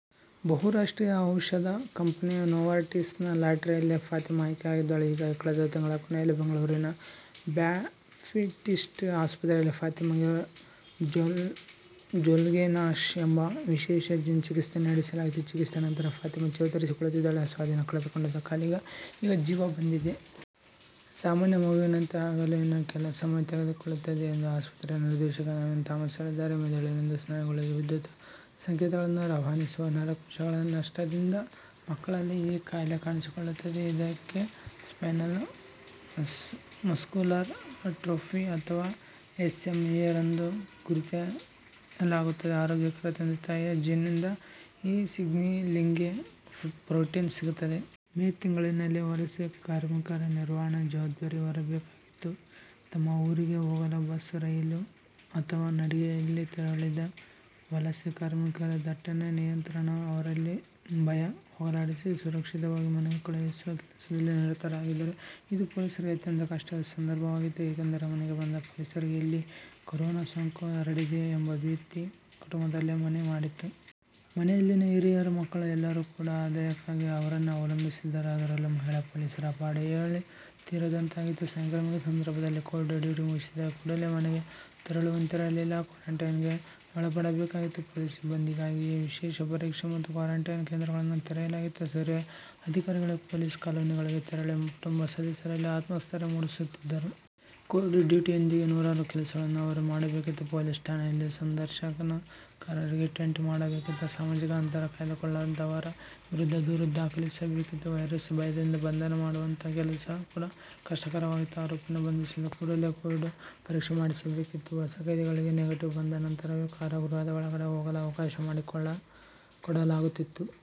ಬಹು ರಾಷ್ಟ್ರೀಯ ಔಷದ ಕಂಪನಿ ನೋವಾರ್ಟಿಸ್ ನ ಲಾಟರಿಯಲ್ಲಿ ಫಾತಿಮಾ ಆಯ್ಕೆಯಾಗಿದ್ದಳು. ಹೀಗಾಗಿ ಕಳೆದ ತಿಂಗಳ ಕೊನೆಯಲ್ಲಿ ಬೆಂಗಳೂರಿನ ಬ್ಯಾಪ್ಟಿಸ್ಟ್ ಆಸ್ಪತ್ರೆಯಲ್ಲಿ ಫಾತಿಮಾಗೆ ಝೋಲ್ಗೆನ್ಶಾ ಎಂಬ ವಿಶೇಷ ಜೀನ್ ಚಿಕಿತ್ಸೆ ನಡೆಸಲಾಗಿತ್ತು. ಚಿಕಿತ್ಸೆಯ ನಂತರ ಫಾತಿಮಾ ಚೇತರಿಸಿಕೊಳ್ಳುತ್ತಿದ್ದಾಳೆ. ಸ್ವಾಧೀನ ಕಳೆದುಕೊಂಡಿದ್ದ ಕಾಲಿಗೆ ಈಗ ಜೀವ ಬಂದಿದೆ. ಸಾಮಾನ್ಯ ಮಗುವಿನಂತೆ ಆಗಲು ಇನ್ನೂ ಕೆಲ ಸಮಯ ತೆಗೆದುಕೊಳ್ಳುತ್ತೆದ ಎಂದು ಆಸ್ಪತ್ರೆಯ ನಿರ್ದೇಶಕ ನವೀನ್ ಥಾಮಸ್ ಹೇಳಿದ್ದಾರೆ. ಮೆದುಳಿನಿಂದ ಸ್ನಾಯುಗಳಿಗೆ ವಿದ್ಯುತ್ ಸಂಕೇತಗಳನ್ನು ರವಾನಿಸುವ ನರಕೋಶಗಳ ನಷ್ಟದಿಂದ ಮಕ್ಕಳಲ್ಲಿ ಈ ಕಾಯಿಲೆ ಕಾಣಿಸಿಕೊಳ್ಳುತ್ತದೆ. ಇದಕ್ಕೆ ಸ್ಪೈನಲ್ ಮಸ್ಕುಲರ್ ಅಟ್ರೋಫಿ ಅಥವಾ ಎಸ್ಎಂಎ ಎಂದು ಗುರುತಿಯಲಾಗುತ್ತದೆ. ಆರೋಗ್ಯಕರ ತಂದೆ-ತಾಯಿಯ ಜೀನ್ ನಿಂದ ಈ ಸಿಗ್ನಲಿಂಗ್ ಗೆ ಪ್ರೋಟೀನ್ ಸಿಗುತ್ತದೆ. ಮೇ ತಿಂಗಳಲ್ಲಿ ವಲಸೆ ಕಾರ್ಮಿಕರ ನಿರ್ವಹಣೆ ಜವಾಬ್ದಾರಿ ಹೊರಬೇಕಾಗಿತ್ತು. ತಮ್ಮ ಊರಿಗೆ ಹೋಗಲು ಬಸ್, ರೈಲು ಅಥವಾ ನಡಿಗೆಯಲ್ಲಿ ತೆರಳಿದ್ದ ವಲಸೆ ಕಾರ್ಮಿಕರ ದಟ್ಟಣೆ ನಿಯಂತ್ರಣ, ಅವರಲ್ಲಿನ ಭಯ ಹೋಗಲಾಡಿಸಿ, ಸುರಕ್ಷಿತವಾಗಿ ಮನೆಗೆ ಕಳುಹಿಸುವ ಕೆಲಸದಲ್ಲಿ ನಿರತರಾಗಿದ್ದರು. ಇದು ಪೊಲೀಸರಿಗೆ ಅತ್ಯಂತ ಕಷ್ಟದ ಸಂದರ್ಭವಾಗಿತ್ತು. ಏಕೆಂದರೆ ಮನೆಗೆ ಬಂದ ಪೊಲೀಸರಿಗೆ ಎಲ್ಲಿ ಕೊರೋನಾ ಸೋಂಕು ಹರಡಿದೆಯೋ ಎಂಬ ಭೀತಿ ಕುಟುಂಬದಲ್ಲಿ ಮನೆ ಮಾಡಿತ್ತು. ಮನೆಯಲ್ಲಿನ ಹಿರಿಯರು, ಮಕ್ಕಳು ಎಲ್ಲರೂ ಕೂಡಾ ಆದಾಯಕ್ಕಾಗಿ ಅವರನ್ನೇ ಅವಲಂಬಿಸಿದ್ದರು. ಅದರಲ್ಲೂ ಮಹಿಳಾ ಪೊಲೀಸರ ಪಾಡು ಹೇಳತೀರದಂತಾಗಿತ್ತು. ಸಾಂಕ್ರಾಮಿಕ ಸಂದರ್ಭದಲ್ಲಿ ಕೋವಿಡ್ ಡ್ಯೂಟಿ ಮುಗಿಸಿದ ಕೂಡಲೇ ಮನೆಗೆ ತೆರಳುವಂತಿರಲಿಲ್ಲ. ಕ್ವಾರಂಟೈನ್ ಗೆ ಒಳಪಡಬೇಕಾಗಿತ್ತು. ಪೊಲೀಸ್ ಸಿಬ್ಬಂದಿಗಾಗಿಯೇ ವಿಶೇಷ ಪರೀಕ್ಷೆ ಮತ್ತು ಕ್ವಾರಂಟೈನ್ ಕೇಂದ್ರಗಳನ್ನು ತೆರೆಯಲಾಗಿತ್ತು. ಹಿರಿಯ ಅಧಿಕಾರಿಗಳು ಪೊಲೀಸ್ ಕಾಲೋನಿಗಳಿಗೆ ತೆರಳಿ, ಕುಟುಂಬ ಸದಸ್ಯರಲ್ಲಿ ಆತ್ಮಸ್ಥೈರ್ಯ ಮೂಡಿಸುತ್ತಿದ್ದರು. ಕೋವಿಡ್ ಡ್ಯೂಟಿಯೊಂದಿಗೆ ನೂರಾರು ಕೆಲಸಗಳನ್ನು ಅವರು ಮಾಡಬೇಕಿತ್ತು. ಪೊಲೀಸ್ ಠಾಣೆಯಲ್ಲಿ ಸಂದರ್ಶನಕಾರರಿಗೆ ಟೆಂಟ್ ಮಾಡಬೇಕಿತ್ತು. ಸಾಮಾಜಿಕ ಅಂತರ ಕಾಯ್ದುಕೊಳ್ಳದವರ ವಿರುದ್ಧ ದೂರು ದಾಖಲಿಸಬೇಕಿತ್ತು. ವೈರಸ್ ಭಯದಿಂದ ಬಂಧನ ಮಾಡುವಂತಹ ಕೆಲಸ ಕೂಡಾ ಕಷ್ಟಕರವಾಗಿತ್ತು. ಆರೋಪಿಯನ್ನು ಬಂಧಿಸಿದ ಕೂಡಲೇ ಕೋವಿಡ್ ಪರೀಕ್ಷೆ ಮಾಡಿಸಬೇಕಿತ್ತು. ಹೊಸ ಖೈದಿಗಳಿಗೆ ನೆಗೆಟಿವ್ ಬಂದ ನಂತರವೇ ಕಾರಾಗೃಹದ ಒಳಗಡೆ ಹೋಗಲು ಅವಕಾಶ ಮಾಡಿಕೊಡಲಾಗುತಿತ್ತು.